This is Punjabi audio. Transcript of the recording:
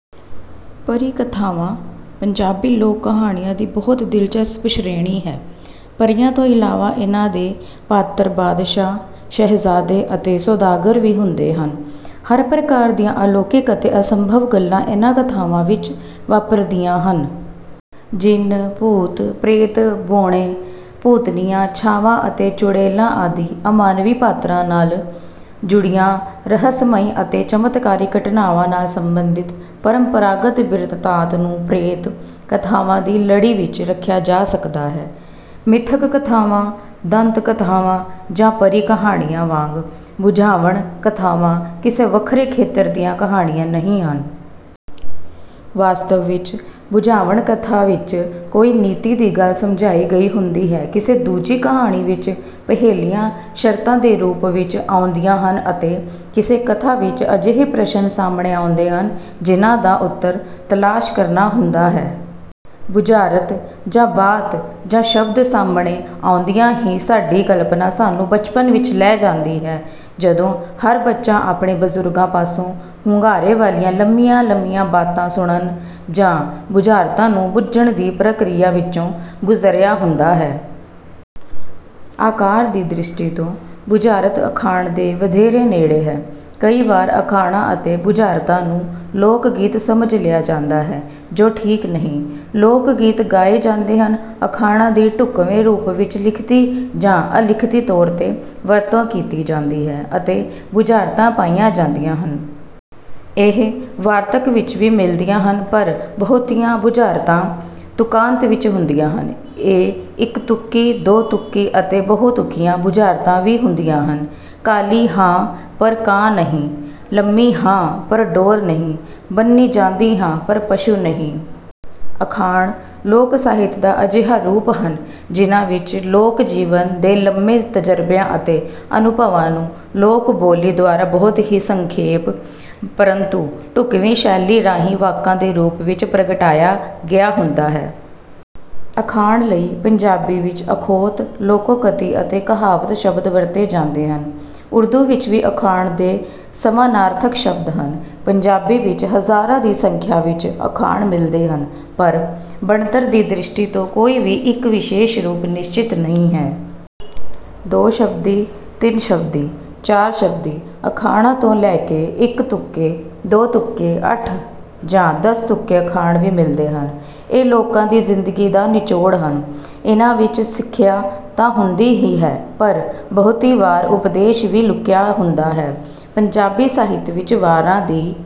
ਪਰੀ ਕਥਾਵਾਂ ਪੰਜਾਬੀ ਲੋਕ ਕਹਾਣੀਆਂ ਦੀ ਬਹੁਤ ਦਿਲਚਸਪ ਸ਼੍ਰੇਣੀ ਹੈ। ਪਰੀਆਂ ਤੋਂ ਇਲਾਵਾ ਇਨ੍ਹਾਂ ਦੇ ਪਾਤਰ ਬਾਦਸ਼ਾਹ, ਸ਼ਹਿਜ਼ਾਦੇ ਅਤੇ ਸੌਦਾਗਰ ਵੀ ਹੁੰਦੇ ਹਨ। ਹਰ ਪ੍ਰਕਾਰ ਦੀਆਂ ਅਲੌਕਿਕ ਅਤੇ ਅਸੰਭਵ ਗੱਲਾਂ ਇਨ੍ਹਾਂ ਕਥਾਵਾਂ ਵਿੱਚ ਵਾਪਰਦੀਆਂ ਹਨ। ਜਿੰਨ, ਭੂਤ, ਪ੍ਰੇਤ, ਬੌਣੇ, ਭੂਤਨੀਆਂ, ਛਾਵਾਂ ਅਤੇ ਚੁੜੇਲਾਂ ਆਦਿ ਅਮਾਨਵੀ ਪਾਤਰਾਂ ਨਾਲ ਜੁੜੀਆਂ ਰਹੱਸਮਈ ਅਤੇ ਚਮਤਕਾਰੀ ਘਟਨਾਵਾਂ ਨਾਲ ਸੰਬੰਧਿਤ ਪਰੰਪਰਾਗਤ ਬਿਰਤਾਂਤ ਨੂੰ ਪ੍ਰੇਤ ਕਥਾਵਾਂ ਦੀ ਲੜੀ ਵਿੱਚ ਰੱਖਿਆ ਜਾ ਸਕਦਾ ਹੈ। ਮਿਥਕ ਕਥਾਵਾਂ, ਦੰਤ ਕਥਾਵਾਂ ਜਾਂ ਪਰੀ ਕਹਾਣੀਆਂ ਵਾਂਗ ਬੁਝਾਵਣ ਕਥਾਵਾਂ ਕਿਸੇ ਵੱਖਰੇ ਖੇਤਰ ਦੀਆਂ ਕਹਾਣੀਆਂ ਨਹੀਂ ਹਨ। ਵਾਸਤਵ ਵਿੱਚ ਬੁਝਾਵਣ ਕਥਾ ਵਿੱਚ ਕੋਈ ਨੀਤੀ ਦੀ ਗੱਲ ਸਮਝਾਈ ਗਈ ਹੁੰਦੀ ਹੈ। ਕਿਸੇ ਦੂਜੀ ਕਹਾਣੀ ਵਿੱਚ ਪਹੇਲੀਆਂ ਸ਼ਰਤਾਂ ਦੇ ਰੂਪ ਵਿੱਚ ਆਉਂਦੀਆਂ ਹਨ ਅਤੇ ਕਿਸੇ ਕਥਾ ਵਿੱਚ ਅਜਿਹੇ ਪ੍ਰਸ਼ਨ ਸਾਹਮਣੇ ਆਉਂਦੇ ਹਨ, ਜਿਨ੍ਹਾਂ ਦਾ ਉੱਤਰ ਤਲਾਸ਼ ਕਰਨਾ ਹੁੰਦਾ ਹੈ। ਬੁਝਾਰਤ ਜਾਂ ਬਾਤ ਦਾ ਸ਼ਬਦ ਸਾਹਮਣੇ ਆਉਂਦਿਆਂ ਹੀ ਸਾਡੀ ਕਲਪਨਾ ਸਾਨੂੰ ਬਚਪਨ ਵਿੱਚ ਲੈ ਜਾਂਦੀ ਹੈ। ਜਦੋਂ ਹਰ ਬੱਚਾ ਆਪਣੇ ਬਜ਼ੁਰਗਾਂ ਪਾਸੋਂ ਹੁੰਗਾਰੇ ਵਾਲੀਆਂ ਲੰਮੀਆਂ-ਲੰਮੀਆਂ ਬਾਤਾਂ ਸੁਣਨ ਜਾਂ ਬੁਝਾਰਤਾਂ ਨੂੰ ਬੁੱਝਣ ਦੀ ਪ੍ਰਕਿਰਿਆ ਵਿੱਚੋਂ ਗੁਜ਼ਰਿਆ ਹੁੰਦਾ ਹੈ। ਆਕਾਰ ਦੀ ਦ੍ਰਿਸ਼ਟੀ ਤੋਂ ਬੁਝਾਰਤ ਅਖਾਣ ਦੇ ਵਧੇਰੇ ਨੇੜੇ ਹੈ। ਕਈ ਵਾਰ ਅਖਾਣਾਂ ਅਤੇ ਬੁਝਾਰਤਾਂ ਨੂੰ ਲੋਕ-ਗੀਤ ਸਮਝ ਲਿਆ ਜਾਂਦਾ ਹੈ, ਜੋ ਠੀਕ ਨਹੀਂ। ਲੋਕ-ਗੀਤ ਗਾਏ ਜਾਂਦੇ ਹਨ। ਅਖਾਣਾਂ ਦੀ ਢੁੱਕਵੇਂ ਰੂਪ ਵਿੱਚ ਲਿਖਤੀ ਜਾਂ ਅਲਿਖਤੀ ਤੌਰ ’ਤੇ ਵਰਤੋਂ ਕੀਤੀ ਜਾਂਦੀ ਹੈ ਅਤੇ ਬੁਝਾਰਤਾਂ ਪਾਈਆਂ ਜਾਂਦੀਆਂ ਹਨ। ਇਹ ਵਾਰਤਕ ਵਿੱਚ ਵੀ ਮਿਲਦੀਆਂ ਹਨ, ਪਰ ਬਹੁਤੀਆਂ ਬੁਝਾਰਤਾਂ ਤੁਕਾਂਤ ਵਿੱਚ ਹੁੰਦੀਆਂ ਹਨ। ਇਹ ਇੱਕ-ਤੁਕੀ, ਦੋ-ਤੁਕੀ ਅਤੇ ਬਹੁ-ਤੁਕੀਆਂ ਬੁਝਾਰਤਾਂ ਵੀ ਹੁੰਦੀਆਂ ਹਨ। ਕਾਲੀ ਹਾਂ ਪਰ ਕਾਂ ਨਹੀਂ, ਲੰਮੀ ਹਾਂ ਪਰ ਡੋਰ ਨਹੀਂ, ਬੰਨ੍ਹੀ ਜਾਂਦੀ ਹਾਂ ਪਰ ਪਸ਼ੂ ਨਹੀਂ। ਅਖਾਣ ਲੋਕ ਸਾਹਿਤ ਦਾ ਅਜਿਹਾ ਰੂਪ ਹਨ, ਜਿਨ੍ਹਾਂ ਵਿੱਚ ਲੋਕ-ਜੀਵਨ ਦੇ ਲੰਮੇ ਤਜਰਬਿਆਂ ਅਤੇ ਅਨੁਭਵਾਂ ਨੂੰ ਲੋਕ-ਬੋਲੀ ਦੁਆਰਾ ਬਹੁਤ ਹੀ ਸੰਖੇਪ, ਪਰੰਤੂ ਢੁੱਕਵੀਂ ਸ਼ੈਲੀ ਰਾਹੀਂ ਵਾਕਾਂ ਦੇ ਰੂਪ ਵਿੱਚ ਪ੍ਰਗਟਾਇਆ ਗਿਆ ਹੁੰਦਾ ਹੈ। ਅਖਾਣ ਲਈ ਪੰਜਾਬੀ ਵਿੱਚ ਅਖੌਤ, ਲੋਕੋਕਤੀ ਅਤੇ ਕਹਾਵਤ ਸ਼ਬਦ ਵਰਤੇ ਜਾਂਦੇ ਹਨ। ਉਰਦੂ ਵਿੱਚ ਵੀ ਅਖਾਣ ਦ ਸਮਾਨਾਰਥਕ ਸ਼ਬਦ ਹਨ। ਪੰਜਾਬੀ ਵਿੱਚ ਹਜ਼ਾਰਾਂ ਦੀ ਸੰਖਿਆ ਵਿੱਚ ਅਖਾਣ ਮਿਲਦੇ ਹਨ, ਪਰ ਬਣਤਰ ਦੀ ਦ੍ਰਿਸ਼ਟੀ ਤੋਂ ਕੋਈ ਵੀ ਇੱਕ ਵਿਸ਼ੇਸ਼ ਰੂਪ ਨਿਸ਼ਚਿਤ ਨਹੀਂ ਹੈ। ਦੋ-ਸ਼ਬਦੀ, ਤਿੰਨ-ਸ਼ਬਦੀ, ਚਾਰ-ਸ਼ਬਦੀ ਅਖਾਣਾਂ ਤੋਂ ਲੈ ਕੇ ਇੱਕ-ਤੁਕੇ, ਦੋ-ਤੁਕੇ, ਅੱਠ ਜਾਂ ਦਸ-ਤੁਕੇ ਅਖਾਣ ਵੀ ਮਿਲਦੇ ਹਨ। ਇਹ ਲੋਕਾਂ ਦੀ ਜ਼ਿੰਦਗੀ ਦਾ ਨਿਚੋੜ ਹਨ। ਇਨ੍ਹਾਂ ਵਿੱਚ ਸਿੱਖਿਆ ਤਾਂ ਹੁੰਦੀ ਹੀ ਹੈ, ਪਰ ਬਹੁਤੀ ਵਾਰ ਉਪਦੇਸ਼ ਵੀ ਲੁਕਿਆ ਹੁੰਦਾ ਹੈ। ਪੰਜਾਬੀ ਸਾਹਿਤ ਵਿੱਚ ਵਾਰਾਂ ਦੀ…